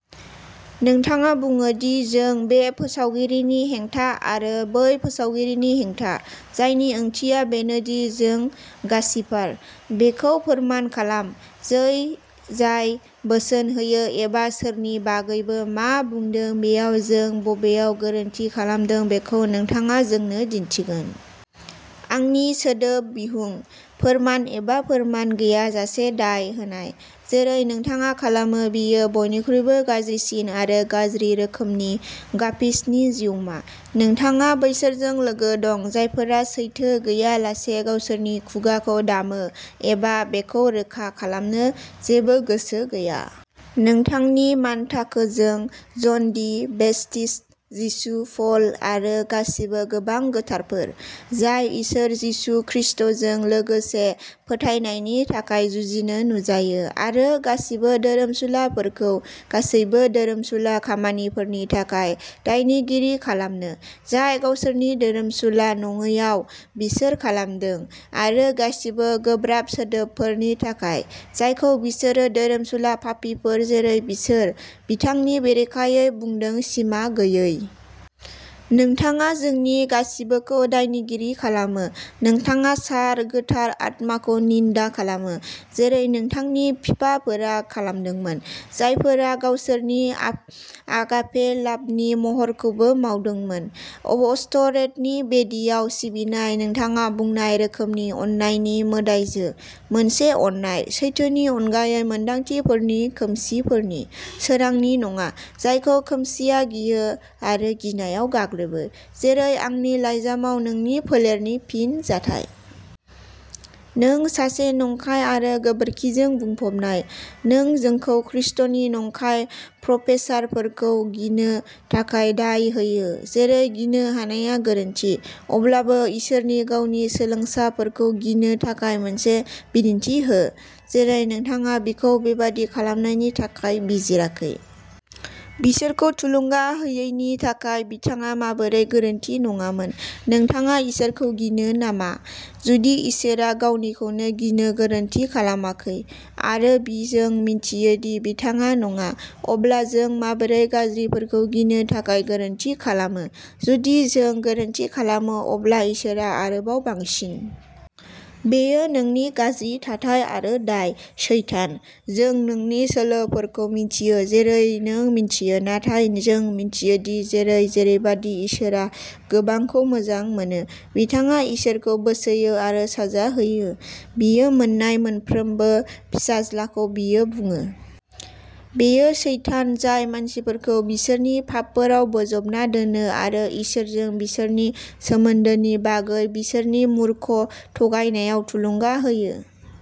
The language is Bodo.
नोंथाङा बुङो दि जों "बे फोसावगिरिनि हेंथा आरो बै फोसावगिरिनि हेंथा", जायनि ओंथिया बेनो दि जों गासिपार। बेखौ फोरमान खालाम। जै जाय बोसोन होयो एबा सोरनि बागैबो मा बुंदों बेयाव जों बबेयाव गोरोन्थि खालामदों बेखौ नोंथाङा जोंनो दिन्थिगोन। आंनि सोदोब बिहुं, फोरमान एबा फोरमान गैयाजासे दाय होनाय, जेरै नोंथाङा खालामो, बेयो बयनिख्रुइबो गाज्रिसिन आरो गाज्रि रोखोमनि गासिपनि जिउमा। नोंथाङा बैसोरजों लोगो दं, जायफोरा सैथो गैयालासे गावसोरनि खुगाखौ दामो एबा बेखौ रोखा खालामनो जेबो गोसो गैया। नोंथांनि मानथाखोजों, जन दि बेप्टिस्ट, जिसु, पल आरो गासिबो गोबां गोथारफोर, जाय इसोर जिसु खृष्टजों लोगोसे फोथायनायनि थाखाय जुजिनो नुजायो "आरो गासिबो धोरोमसुलाफोरखौ गासैबो धोरोमसुला खामानिफोरनि थाखाय दायनिगिरि खालामनो, जाय गावसोरनि धोरोमसुला नङैआव बिसोर खालामदों, आरो गासिबो गोब्राब सोदोबफोरनि थाखाय, जायखौ बिसोरो, धोरोमसुला पापीफोर जेरै बिसोर, बिथांनि बेरेखायै बुंदों" सिमा गैयै। नोंथाङा जोंनि गासिबोखौ दायनिगिरि खालामो। नोंथाङा, सार, गोथार आत्माखौ निन्दा खालामो, जेरै नोंथांनि बिफाफोरा खालामदोंमोन, जायफोरा गावसोरनि आ"आगापे लाभ" नि महरखौबो मावदोंमोन, अष्टरेथनि बेदियाव सिबिनाय, नोंथाङा बुंनाय रोखोमनि अननायनि मोदाइजो, मोनसे अननाय। सैथोनि अनगायै मोन्दांथिफोरनि, खोमसिफोरनि, सोरांनि नङा, जायखौ खोमसिआ गियो आरो गिनायाव गाग्लोबो, जेरै आंनि लाइजामाव नोंनि फोलेरनि फिनजाथाय। नों सासे नंखाय आरो गोबोरखिजों बुंफबनाय। नों जोंखौ खृष्टनि नंखाय प्रफेसारफोरखौ गिनो थाखाय दाय होयो, जेरै गिनो हानाया गोरोन्थि, अब्लाबो इसोरनि गावनि सोलोंसाफोरखौ गिनो थाखाय मोनसे बिदिन्थि हो, जेरै नोंथाङा बिखौ बेबादि खालामनायनि थाखाय बिजिराखै। बिसोरखौ थुलुंगा होयैनि थाखाय बिथाङा माबोरै गोरोन्थि नङामोन? नोंथाङा इसोरखौ गिनो नामा? जुदि इसोरआ गावनिखौनो गिनो गोरोनथि खालामाखै, आरो जों मिथियो दि बिथाङा नङा, अब्ला जों माबोरै गाज्रिफोरखौ गिनो थाखाय गोरोन्थि खालामो? जुदि जों गोरोन्थि खालामो, अब्ला इसोरआ आरोबाव बांसिन। बेयो नोंनि गाज्रि थाथाय आरो दाय, सैतान। जों नोंनि सोलोफोरखौ मिथियो, जेरै नों मिन्थियो। नाथाय जों मिथियो दि जेरै जेरैबादि इसोरआ गोबांखौ मोजां मोनो, बिथाङा बिसोरखौ बोसोयो आरो साजा होयो। बियो मोन्नाय मोनफ्रोमबो फिसाज्लाखौ बियो बुयो। बेयो सैतान जाय मानसिफोरखौ बिसोरनि पापफोराव बोजबना दोनो आरो इसोरजों बिसोरनि सोमोन्दोनि बागै बिसोरनि मूर्ख थगायनायाव थुलुंगा होयो।